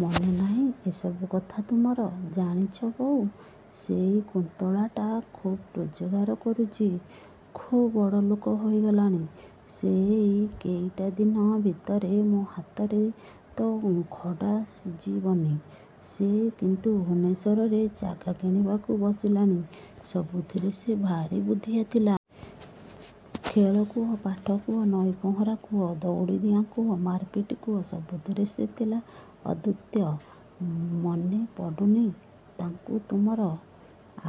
ମନେ ନାହିଁ ଏ ସବୁ କଥା ତୁମର? ଜାଣିଛ ବୋଉ ସେଇ କୁନ୍ତଳାଟା ଖୁବ୍ ରୋଜଗାର କରୁଛି। ଖୁବ୍ ବଡ଼ଲୋକ ହୋଇଗଲାଣି ସେ ଏଇ କେଇଟା ଦିନ ଭିତରେ। ମୋ ହାତରେ ତ ଖଡ଼ା ସିଝିବନି। ସେ କିନ୍ତୁ ଭୁବନେଶ୍ୱରରେ ଜାଗା କିଣିବାକୁ ବସିଲାଣି। ସବୁଥିରେ ସେ ଭାରି ବୁଦ୍ଧିଆ ଥିଲା। ଖେଳ କୁହ, ପାଠ କୁହ, ନଈ ପହଁରା କୁହ, ଦଉଡ଼ାଦଉଡ଼ି କୁହ, ମାରପିଟ୍ କୁହ ସବୁଥିରେ ସେ ଥିଲା ଅଦ୍ୱିତୀୟ। ମନେ ପଡ଼ୁନି ତାକୁ ତୁମର।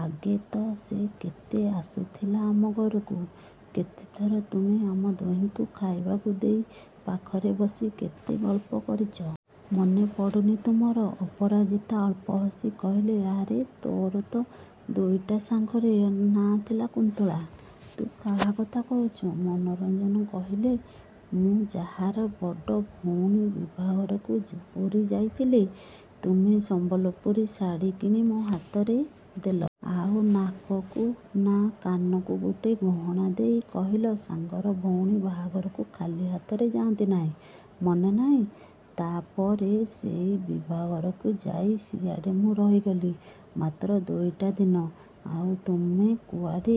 ଆଗେ ତ ସେ କେତେ ଆସୁଥିଲା ଆମ ଘରକୁ। କେତେଥର ତୁମେ ଆମ ଦୁହିଁଙ୍କୁ ଖାଇବାକୁ ଦେଇ ପାଖରେ ବସି କେତେ ଗଳ୍ପ କରିଛ। ମନେ ପଡ଼ୁନି ତୁମର? ଅପରାଜିତା ଅଳ୍ପ ହସି କହିଲେ ଆରେ, ତୋର ତ ଦୁଇଟା ସାଙ୍ଗର ନାଁ ଥିଲା କୁନ୍ତଳା। ତୁ କାହା କଥା କହୁଛୁ? ମନୋରଞ୍ଜନ କହିଲେ ମୁଁ ଯାହାର ବଡ଼ ଭଉଣୀ ବିଭାଘରକୁ ପୁରୀ ଯାଇଥିଲି। ତୁମେ ସମ୍ବଲପୁରୀ ଶାଢ଼ି କିଣି ମୋ ହାତରେ ଦେଲ। ଆଉ ନାକକୁ, ନା, କାନକୁ ଗୋଟିଏ ଗହଣା ଦେଇ କହିଲ ସାଙ୍ଗର ଭଉଣୀ ବାହାଘରକୁ ଖାଲି ହାତରେ ଯାଆନ୍ତି ନାହିଁ। ମନେ ନାହିଁ? ତା' ପରେ ସେଇ ବିଭାଘରକୁ ଯାଇ ସିଆଡ଼େ ମୁଁ ରହିଗଲି ମାତ୍ର ଦୁଇଟା ଦିନ। ଆଉ, ତୁମେ କୁଆଡ଼େ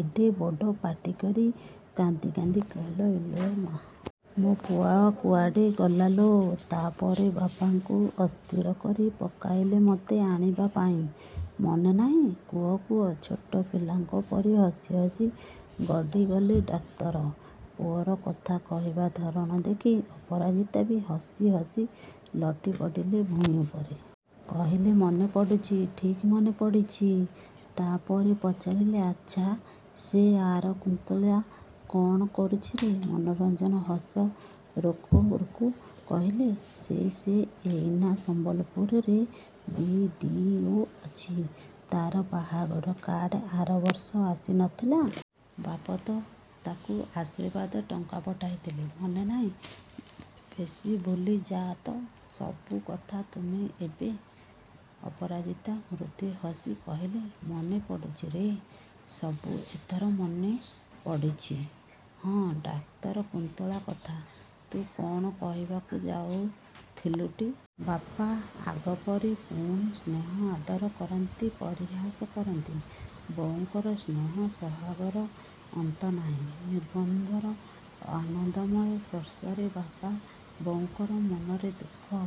ଏଡ଼େ ବଡ଼ ପାଟି କରି କାନ୍ଦି କାନ୍ଦି କହିଲ ଇଲୋ ମୋ ବୋଉଲୋ। ମୋ ପୁଅ କୁଆଡ଼େ ଗଲାଲୋ। ତା' ପରେ ବାପାଙ୍କୁ ଅସ୍ଥିର କରି ପକାଇଲ ମତେ ଆଣିବା ପାଇଁ, ମନେ ନାହିଁ? କହୁ କହୁ ଛୋଟ ପିଲାଙ୍କ ପରି ହସି ହସି ଗଡ଼ି ଗଲେ ଡାକ୍ତର। ପୁଅର କଥା କହିବା ଧରଣ ଦେଖି ଅପରାଜିତା ବି ହସି ହସି ଲୋଟି ପଡ଼ିଲେ ଭୂଇଁ ଉପରେ। କହିଲେ ମନେ ପଡ଼ୁଛି। ଠିକ୍ ମନେ ପଡ଼ୁଛି। ତା' ପରେ ପଚାରିଲେ ଆଚ୍ଛା, ସେ ଆର କୁନ୍ତଳ କ'ଣ କରୁଛିରେ? ମନୋରଞ୍ଜନ ହସ ରୋକୁ ରୋକୁ କହିଲେ ସେ, ସେ ଏଇନେ ସମ୍ବଲପୁରରେ ବି. ଡି. ଓ. ଅଛି। ତା'ର ବାହାଘର କାର୍ଡ଼ ଆରବର୍ଷ ଆସି ନଥିଲା? ବାପା ତ ତାକୁ ଆଶୀର୍ବାଦ ଟଙ୍କା ପଠାଇଥିଲେ। ମନେ ନାହିଁ? ବେଶୀ ଭୁଲି ଯାଅ ତ ସବୁ କଥା ତୁମେ ଏବେ । ଅପରାଜିତା ମୃଦୁ ହସି କହିଲେ ମନେ ପଡ଼ୁଛିରେ, ସବୁ ଏଥର ମନେ ପଡ଼ୁଛି। ହଁ, ଡାକ୍ତର କୁନ୍ତଳ କଥା ତୁ କ'ଣ କହିବାକୁ ଯାଉଥିଲୁଟି? ବାପା, ଆଗପରି ପୁଣି ସ୍ନେହ ଆଦର କରନ୍ତି, ପରିହାସ କରନ୍ତି। ବୋଉଙ୍କର ସ୍ନେହ ସୋହାଗର ଅନ୍ତ ନାହିଁ। ନିର୍ବନ୍ଧର ଆନନ୍ଦମୟ ସ୍ପର୍ଶରେ ବାପା, ବୋଉଙ୍କର ମନର ଦୁଃଖ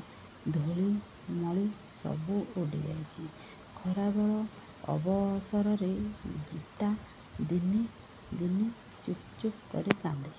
ଧୂଳିମଳି ସବୁ ଉଡ଼ି ଯାଇଛି। ଖରାବେଳ ଅବସରରେ ଜିତା ଦିନେ, ଦିନେ ଚୁପ୍ ଚୁପ୍ କରି କାନ୍ଦେ।